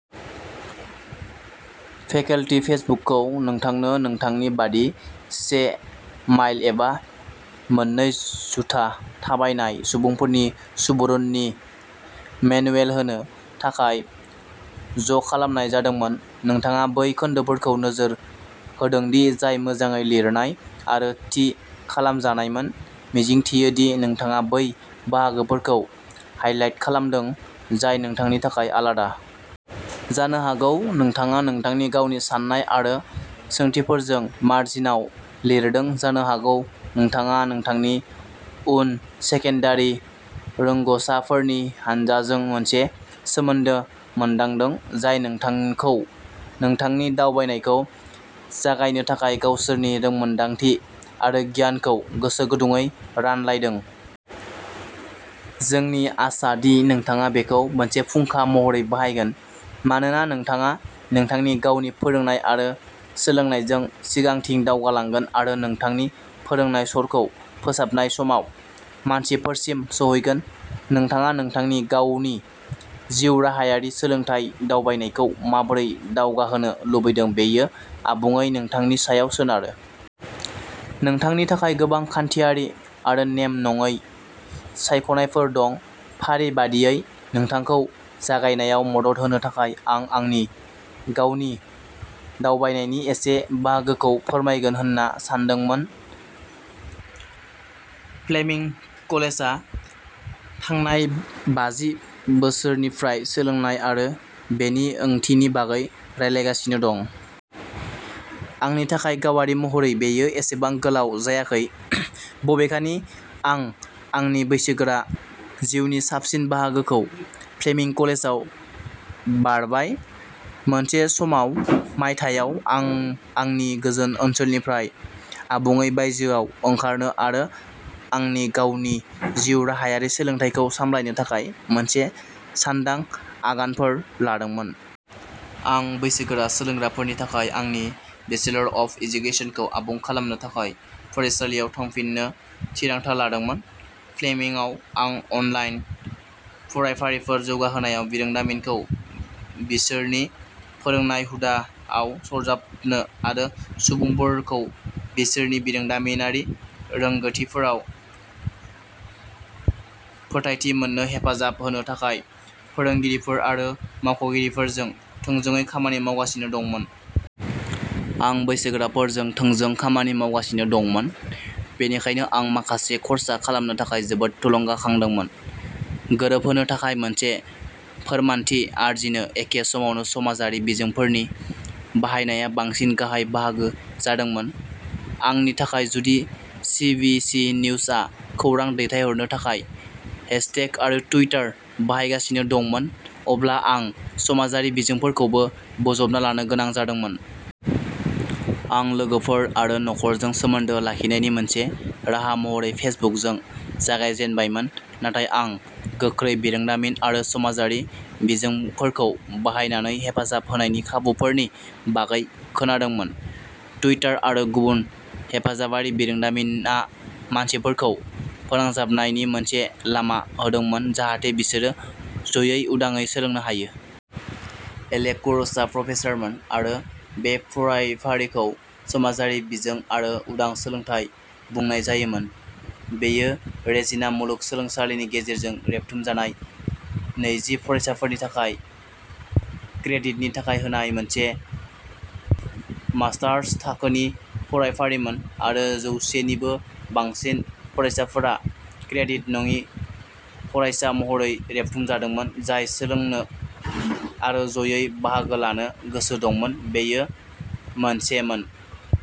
Faculty पैचबुकखौ नोंथांनो नोंथांनि बादि से माइल एबा मोननै जुथा थाबायनाय सुबुंफोरनि सुबुरुननि मेनुएल होनो थाखाय ज'खालामनाय जादोंमोन। नोंथाङा बै खोन्दोफोरखौ नोजोर होदोंदि जाय मोजाङै लिरनाय आरो थि खालामजानायमोन, मिजिंथियो दि नोंथाङा बै बाहागोफोरखौ हाइलाइट खालामदों जाय नोंथांनि थाखाय आलादा। जानो हागौ नोंथाङा नोंथांनि गावनि साननाय आरो सोंथिफोरजों 'मार्जिनआव लिरदों'। जानो हागौ नोंथाङा नोंथांनि उन सेकेन्डारि रोंग'सारफोरनि हान्जाजों मोनसे सोमोन्दो मोनदांदों, जाय नोंथांखौ नोंथांनि दावबायनायखौ जागायनो थाखाय गावसोरनि रोंमोनदांथि आरो गियानखौ गोसोगुदुंयै रानलायदों। जोंनि आसा दि नोंथाङा बेखौ मोनसे फुंखा महरै बाहायगोन मानोना नोंथाङा नोंथांनि गावनि फोरोंनाय आरो सोलोंनायजों सिगांथिं दावगालांगोन आरो नोंथांनि फोरोंनाय सर'खौ फोसाबनाय समाव मानसिफोरसिम सौहैगोन। नोंथाङा नोंथांनि गावनि जिउराहायारि सोलोंथाय दावबायनायखौ माबोरै दावगाहोनो लुबैदों बेयो आबुङै नोंथांनि सायाव सोनारो। नोंथांनि थाखाय गोबां खान्थियारि आरो नेम नङै सायख'नायफोर दं। फारि बादियै नोंथांखौ जागायनायाव मदद होनो थाखाय आं आंनि गावनि दावबायनायनि एसे बाहागोखौ फोरमायगोन होनना सानदोंमोन। फ्लेमिंग कलेजआ थांनाय बाजि बोसोरफोरनिफ्राय सोलोंनाय आरो बेनि ओंथिनि बागै रायलायगासिनो दं। आंनि थाखाय गावारि महरै बेयो एसेबां गोलाव जायाखै, बबेखानि आं आंनि बैसोगोरा जिउनि साबसिन बाहागोखौ फ्लेमिंग कलेजाव बारबाय। मोनसे समाव मायथाइयाव आं आंनि गोजोन ओनसोलनिफ्राय आबुङै बायजोआव ओंखारनो आरो आंनि गावनि जिउ राहायारि सोलोंथाइखौ सामलायनो थाखाय माखासे सान्दां आगानफोर लादोंमोन। आं बैसोगोरा सोलोंग्राफोरनि थाखाय आंनि बेचलर अफ एजुकेसनखौ आबुं खालामनो थाखाय फरायसालियाव थांफिननो थिरांथा लादोंमोन। फ्लेमिंगआव आं अनलाइन फरायफारिफोर जौगाहोनायाव बिरोंदामिनखौ बिसोरनि फोरोंनाय हुदाआव सरजाबनो आरो सुबुंफोरखौ बिसोरनि बिरोंदामिनारि रोंगोथिफोराव फोथायथि मोननो हेफाजाब होनो थाखाय फोरोंगिरिफोर आरो मावख'गिरिफोरजों थोंजोंङै खामानि मावगासिनो दंमोन। आं बैसोगोराफोरजों थोंजों खामानि मावगासिनो दंमोन, बेनिखायनो आं माखासे खर्सा खालामनो थाखाय जोबोद थुलुंगाखांदोंमोन। गोरोबहोनो थाखाय मोनसे फोरमानथि आरजिनो एखे समावनो समाजारि बिजोंफोरनि बाहायनाया बांसिन गाहाय बाहागो जादोंमोन। आंनि थाखाय जुदि सिबिसि निउसआ खौरां दैथायहरनो थाखाय हैशटेग आरो टुइटार बाहायगासिनो दंमोन, अब्ला आं समाजारि बिजोंफोरखौबो बोजबना लानो गोनां जादोंमोन। आं लोगोफोर आरो नखरजों सोमोन्दो लाखिनायनि मोनसे राहा महरै फेसबुकजों जागायजेनबायमोन, नाथाय आं गोख्रै बिरोंदामिन आरो समाजारि बिजोंफोरखौ बाहायनानै हेफाजाब होनायनि खाबुफोरनि बागै खोनादोंमोन। टुइटार आरो गुबुन हेफाजाबारि बिरोंदामिनआ मानसिफोरखौ फोनांजाबनायनि मोनसे लामा होदोंमोन जाहाथे बिसोरो जयै, उदाङै सोलोंनो हायो। एलेक कुर'सआ प्रफेसारमोन आरो बे फरायफारिखौ समाजारि बिजों आरो उदां सोलोंथाय बुंनाय जायोमोन । बेयो रेजिना मुलुगसोलोंसालिनि गेजेरजों रेबथुमजानाय नैजि फरायसाफोरनि थाखाय क्रेडिटनि थाखाय होनाय मोनसे मास्टार्स थाखोनि फरायफारिमोन आरो जौसे निबो बांसिन फरायसाफोरा क्रेडिट नङि फरायसा महरै रेबथुमजादोंमोन जाय सोलोंनो आरो ज'यै बाहागो लानो गोसो दंमोन। बेयो मोनसेमोन।